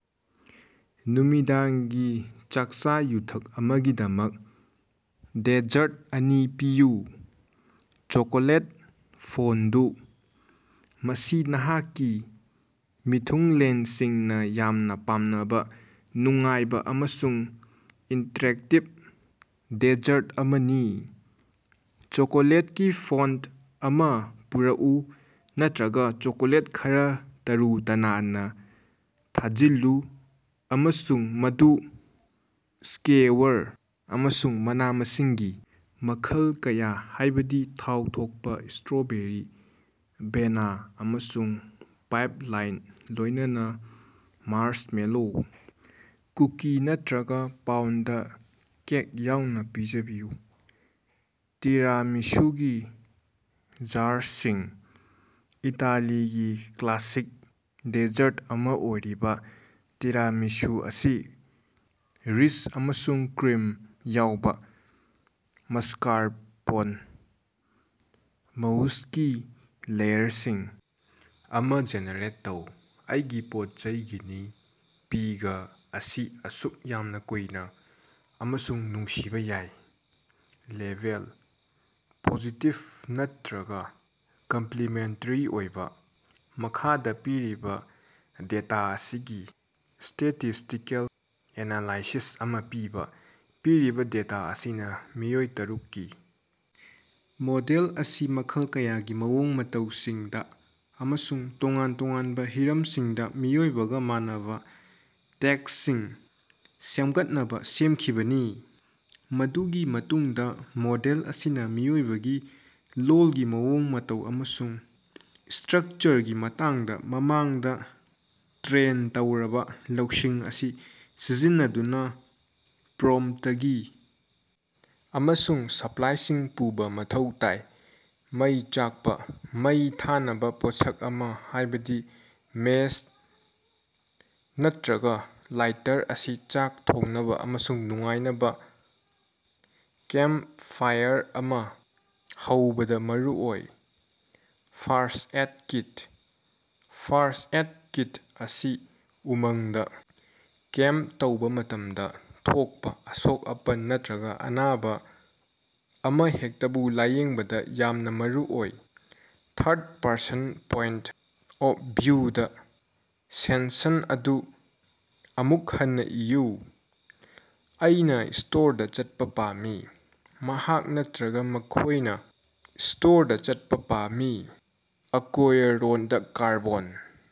ꯅꯨꯃꯤꯗꯥꯡꯒꯤ ꯆꯥꯛꯆꯥ-ꯌꯨꯊꯛ ꯑꯃꯒꯤꯗꯃꯛ ꯗꯦꯖꯔꯠ ꯑꯅꯤ ꯄꯤꯌꯨ꯫ ꯆꯣꯀꯣꯂꯦꯠ ꯐꯣꯟꯗꯨ: ꯃꯁꯤ ꯅꯍꯥꯛꯀꯤ ꯃꯤꯊꯨꯡꯂꯦꯟꯁꯤꯡꯅ ꯌꯥꯝꯅ ꯄꯥꯝꯅꯕ ꯅꯨꯡꯉꯥꯏꯕ ꯑꯃꯁꯨꯡ ꯏꯟꯇꯔꯦꯛꯇꯤꯕ ꯗꯦꯖꯔꯠ ꯑꯃꯅꯤ꯫ ꯆꯣꯀꯣꯂꯦꯠꯀꯤ ꯐꯣꯟꯠ ꯑꯃ ꯄꯨꯔꯛꯎ ꯅꯠꯇ꯭ꯔꯒ ꯆꯣꯀꯣꯂꯦꯠ ꯈꯔꯥ ꯇꯔꯨ ꯇꯅꯥꯟꯅ ꯊꯖꯤꯜꯂꯨ ꯑꯃꯁꯨꯡ ꯃꯗꯨ ꯁ꯭ꯀꯦꯋꯔ ꯑꯃꯁꯨꯡ ꯃꯅꯥ-ꯃꯁꯤꯡꯒꯤ ꯃꯈꯜ ꯀꯌꯥ, ꯍꯥꯏꯕꯗꯤ ꯊꯥꯎ ꯊꯣꯛꯄ ꯁ꯭ꯇꯔꯣꯕꯦꯔꯤ, ꯕꯦꯅꯥ, ꯑꯃꯁꯨꯡ ꯄꯥꯏꯞꯂꯥꯏꯟ, ꯂꯣꯏꯅꯅ ꯃꯥꯔꯁꯃꯦꯂꯣ, ꯀꯨꯀꯤ ꯅꯠꯇꯔꯒ ꯄꯥꯎꯟꯗ ꯀꯦꯛ ꯌꯥꯎꯅ ꯄꯤꯖꯕꯤꯌꯨ꯫ ꯇꯤꯔꯥꯃꯤꯁꯨꯒꯤ ꯖꯥꯔꯁꯁꯤꯡ: ꯏꯇꯥꯂꯤꯒꯤ ꯀ꯭ꯂꯥꯁꯤꯛ ꯗꯦꯖꯔꯠ ꯑꯃ ꯑꯣꯏꯔꯤꯕ ꯇꯤꯔꯥꯃꯤꯁꯨ ꯑꯁꯤ ꯔꯤꯆ ꯑꯃꯁꯨꯡ ꯀ꯭ꯔꯤꯝ ꯌꯥꯎꯕ ꯃꯁꯀꯥꯔꯄꯣꯟ ꯃꯎꯁꯀꯤ ꯂꯦꯌꯔꯁꯤꯡ, ꯑꯃ ꯖꯦꯅꯦꯔꯦꯠ ꯇꯧ꯫ ꯑꯩꯒꯤ ꯄꯣꯠꯆꯩ ꯒꯤꯅꯤ ꯄꯤꯒ ꯑꯁꯤ ꯑꯁꯨꯛ ꯌꯥꯝꯅ ꯀꯨꯏꯅ ꯑꯃꯁꯨꯡ ꯅꯨꯡꯁꯤꯕ ꯌꯥꯏ꯫ ꯂꯦꯕꯦꯜ: ꯄꯣꯖꯤꯇꯤꯕ ꯅꯥꯠꯇ꯭ꯔꯒ ꯀꯝꯄ꯭ꯂꯤꯃꯦꯟꯇꯔꯤ ꯑꯣꯏꯕ꯫ ꯃꯈꯥꯗ ꯄꯤꯔꯤꯕ ꯗꯦꯇꯥ ꯑꯁꯤꯒꯤ ꯁ꯭ꯇꯦꯇꯤꯁ꯭ꯇꯤꯀꯦꯜ ꯑꯦꯅꯥꯂꯥꯏꯁꯤꯁ ꯑꯃ ꯄꯤꯕ꯫ ꯄꯤꯔꯤꯕ ꯗꯦꯇꯥ ꯑꯁꯤꯅ ꯃꯤꯑꯣꯏ ꯇꯔꯨꯛ ꯀꯤ ꯃꯣꯗꯦꯜ ꯑꯁꯤ ꯃꯈꯜ ꯀꯌꯥꯒꯤ ꯃꯑꯣꯡ ꯃꯇꯧꯁꯤꯡꯗ ꯑꯃꯁꯨꯡ ꯇꯣꯉꯥꯟ ꯇꯣꯉꯥꯟꯕ ꯍꯤꯔꯝꯁꯤꯡꯗ ꯃꯤꯑꯣꯏꯕꯒ ꯃꯥꯟꯅꯕ ꯇꯦꯛꯁꯁꯤꯡ ꯁꯦꯝꯒꯠꯅꯕ ꯁꯦꯝꯈꯤꯕꯅꯤ꯫ ꯃꯗꯨꯒꯤ ꯃꯇꯨꯡꯗ ꯃꯣꯗꯦꯜ ꯑꯁꯤꯅ ꯃꯤꯑꯣꯏꯕꯒꯤ ꯂꯣꯜꯒꯤ ꯃꯑꯣꯡ ꯃꯇꯧ ꯑꯃꯁꯨꯡ ꯁ꯭ꯇꯔꯛꯆꯔꯒꯤ ꯃꯇꯥꯡꯗ ꯃꯃꯥꯡꯗ ꯇ꯭ꯔꯦꯟ ꯇꯧꯔꯕ ꯂꯧꯁꯤꯡ ꯑꯁꯤ ꯁꯤꯖꯤꯟꯅꯗꯨꯅ ꯄ꯭ꯔꯣꯝꯞꯇꯒꯤ ꯑꯃꯁꯨꯡ ꯁꯄ꯭ꯂꯥꯏꯁꯤꯡ ꯄꯨꯕ ꯃꯊꯧ ꯇꯥꯏ꯫ ꯃꯩ ꯆꯥꯛꯄ: ꯃꯩ ꯊꯥꯅꯕ ꯄꯣꯠꯁꯛ ꯑꯃ, ꯍꯥꯏꯕꯗꯤ ꯃꯦꯆ ꯅꯠꯇ꯭ꯔꯒ ꯂꯥꯏꯇꯔ ꯑꯁꯤ ꯆꯥꯛ ꯊꯣꯡꯅꯕ ꯑꯃꯁꯨꯡ ꯅꯨꯡꯉꯥꯏꯅꯕ ꯀꯦꯝꯞ ꯐꯥꯏꯑꯔ ꯑꯃ ꯍꯧꯕꯗ ꯃꯔꯨꯑꯣꯏ first aid kit: first aid kit ꯑꯁꯤ ꯎꯃꯪꯗ ꯀꯦꯝꯞ ꯇꯧꯕ ꯃꯇꯝꯗ ꯊꯣꯛꯄ ꯑꯁꯣꯛ-ꯑꯄꯟ ꯅꯠꯇ꯭ꯔꯒ ꯑꯅꯥꯕ ꯑꯃꯍꯦꯛꯇꯕꯨ ꯂꯥꯌꯦꯡꯕꯗ ꯌꯥꯝꯅ ꯃꯔꯨꯑꯣꯏ꯫ ꯊꯥꯔꯗ ꯄꯔꯁꯟ ꯄꯣꯏꯟꯠ ꯑꯣꯐ ꯚꯤꯎꯗ ꯁꯦꯟꯁꯟ ꯑꯗꯨ ꯑꯃꯨꯛ ꯍꯟꯅ ꯏꯌꯨ꯫ ꯑꯩꯅ ꯁ꯭ꯇꯣꯔꯗ ꯆꯠꯄ ꯄꯥꯝꯃꯤ꯫ ꯃꯍꯥꯛ ꯅꯠꯇ꯭ꯔꯒ ꯃꯈꯣꯏꯅ ꯁ꯭ꯇꯣꯔꯗ ꯆꯠꯄ ꯄꯥꯝꯃꯤ꯫ ꯑꯀꯣꯌꯔꯣꯟꯗ ꯀꯥꯔꯕꯣꯟ